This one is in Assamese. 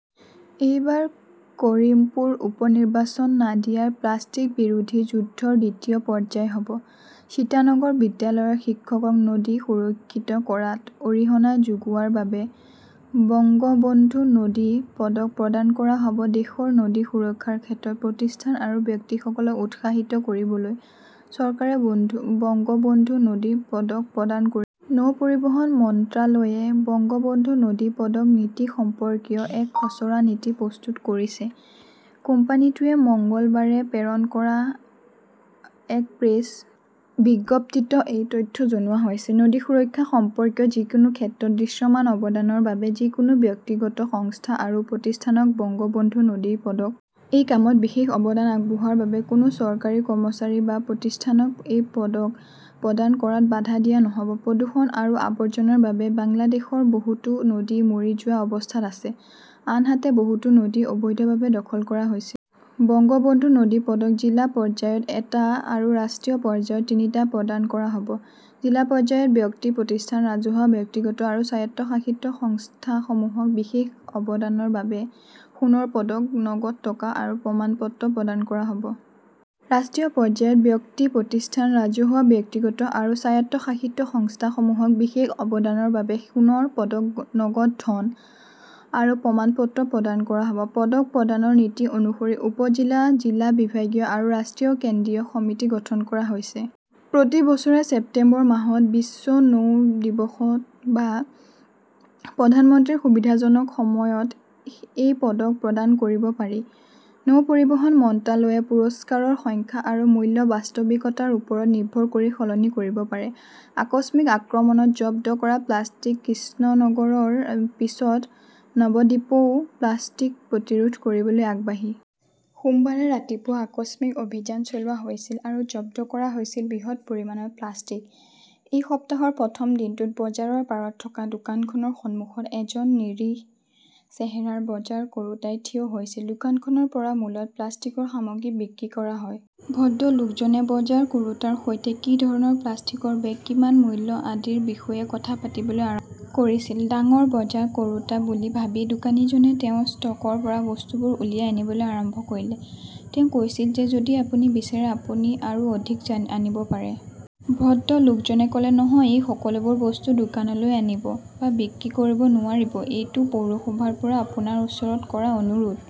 এইবাৰ কৰিমপুৰ উপ-নিৰ্বাচন নাদিয়াৰ প্লাষ্টিক বিৰোধী যুদ্ধৰ দ্বিতীয় পৰ্যায় হ'ব। সীতানগৰ বিদ্যালয়ৰ শিক্ষকক নদী সুৰক্ষিত কৰাত অৰিহণা যোগোৱাৰ বাবে 'বঙ্গবন্ধু নদী পদক 'প্ৰদান কৰা হ'ব। দেশৰ নদী সুৰক্ষাৰ ক্ষেত্ৰত প্ৰতিষ্ঠান আৰু ব্যক্তিসকলক উৎসাহিত কৰিবলৈ চৰকাৰে 'বঙ্গবন্ধু নদী পদক 'প্ৰদান কৰিব। নৌ পৰিবহণ মন্ত্ৰালয়ে 'বঙ্গবন্ধু নদী পদক' নীতি সম্পৰ্কীয় এক খচৰা নীতি প্ৰস্তুত কৰিছে। কোম্পানীটোৱে মঙলবাৰে প্ৰেৰণ কৰা এক প্ৰেছ বিজ্ঞপ্তিত এই তথ্য জনোৱা হৈছে। নদী সুৰক্ষা সম্পৰ্কীয় যিকোনো ক্ষেত্ৰত দৃশ্যমান অৱদানৰ বাবে যিকোনো ব্যক্তিগ ত সংস্থা আৰু প্ৰতিষ্ঠানক 'বঙ্গবন্ধু নদী পদক' প্ৰদান কৰা হ" ব। এই কামত বিশেষ অৱদান আগবঢ়োৱাৰ বাবে কোনো চৰকাৰী কৰ্মচাৰী বা প্ৰতিষ্ঠানক এই পদক প্ৰদান কৰাত বাধা দিয়া নহ 'ব। প্ৰদূষণ আৰু আৱৰ্জনাৰ বাবে বাংলাদেশৰ বহুতো নদী মৰি যোৱা অৱস্থাত আছে, আনহাতে বহুতো নদী অবৈধভাৱে দখল কৰা হৈছে। 'বঙ্গবন্ধু নদী পদক 'জিলা পৰ্যায়ত এটা আৰু ৰাষ্ট্ৰীয় পৰ্যায়ত তিনিটা প্ৰদান কৰা হ'ব। জিলা পৰ্যায়ত ব্যক্তি প্ৰতিষ্ঠান, ৰাজহুৱা, ব্যক্তিগত আৰু স্বায়ত্তশাসিত সংস্থাসমূহক বিশেষ অৱদানৰ বাবে সোণৰ পদক, নগদ টকা আৰু প্ৰমাণপত্ৰ প্ৰদান কৰা হ 'ব। ৰাষ্ট্ৰীয় পৰ্যায়ত ব্যক্তি প্ৰতিষ্ঠান, ৰাজহুৱা, ব্যক্তিগত আৰু স্বায়ত্তশাসিত সংস্থাসমূহক বিশেষ অৱদানৰ বাবে সোনৰ পদক, নগদ ধন আৰু প্ৰমাণপত্ৰ প্ৰদান কৰা হ 'ব। পদক প্ৰদানৰ নীতি অনুসৰি উপ-জিলা, জিলা, বিভাগীয় আৰু ৰাষ্ট্ৰীয় কেন্দ্ৰীয় সমিতি গঠন কৰা হৈছে। প্ৰতি বছৰে ছেপ্টেম্বৰ মাহত বিশ্ব নৌ দিৱসত বা প্ৰধানমন্ত্ৰীৰ সুবিধাজনক সময়ত এই পদক প্ৰদান কৰিব পাৰি। নৌ পৰিবহণ মন্ত্ৰালয়ে পুৰস্কাৰৰ সংখ্যা আৰু মূল্য বাস্তৱিকতাৰ ওপৰত নিৰ্ভৰ কৰি সলনি কৰিব পাৰে। আকস্মিক আক্ৰমণত জব্দ কৰা প্লাষ্টিক কৃষ্ণনগৰৰ পিছত, নৱদ্বীপও প্লাষ্টিক প্ৰতিৰোধ কৰিবলৈ আগবাঢ়িছে। সোমবাৰে ৰাতিপুৱা আকস্মিক অভিযান চলোৱা হৈছিল আৰু জব্দ কৰা হৈছিল বৃহৎ পৰিমাণৰ প্লাষ্টিক। এই সপ্তাহৰ প্ৰথম দিনটোত বজাৰৰ পাৰত থকা দোকানখনৰ সন্মুখত এজন নিৰীহ চেহেৰাৰ বজাৰ কৰোতাই থিয় হৈছিল। দোকানখনৰ পৰা মূলতঃ প্লাষ্টিকৰ সামগ্ৰী বিক্ৰী কৰা হয়। ভদ্ৰলোকজনে বজাৰ কৰোঁতাৰ সৈতে কি ধৰণৰ প্লাষ্টিকৰ বেগ, কিমান মূল্য আদিৰ বিষয়ে কথা পাতিবলৈ আৰম্ভ কৰিছিল। ডাঙৰ বজাৰ কৰোঁতা বুলি ভাবি, দোকানীজনে তেওঁৰ ষ্টকৰ পৰা বস্তুবোৰ উলিয়াই আনিবলৈ আৰম্ভ কৰিলে। তেওঁ কৈছিল যে যদি আপুনি বিচাৰে আপুনি আৰু অধিক আনিব পাৰে। ভদ্ৰলোকজনে কলে ,নহয এই সকলোবোৰ বস্তু দোকানলৈ আনিব বা বিক্ৰী কৰিব নোৱাৰিব। এইটো পৌৰসভাৰ পৰা আপোনাৰ ওচৰত কৰা অনুৰোধ।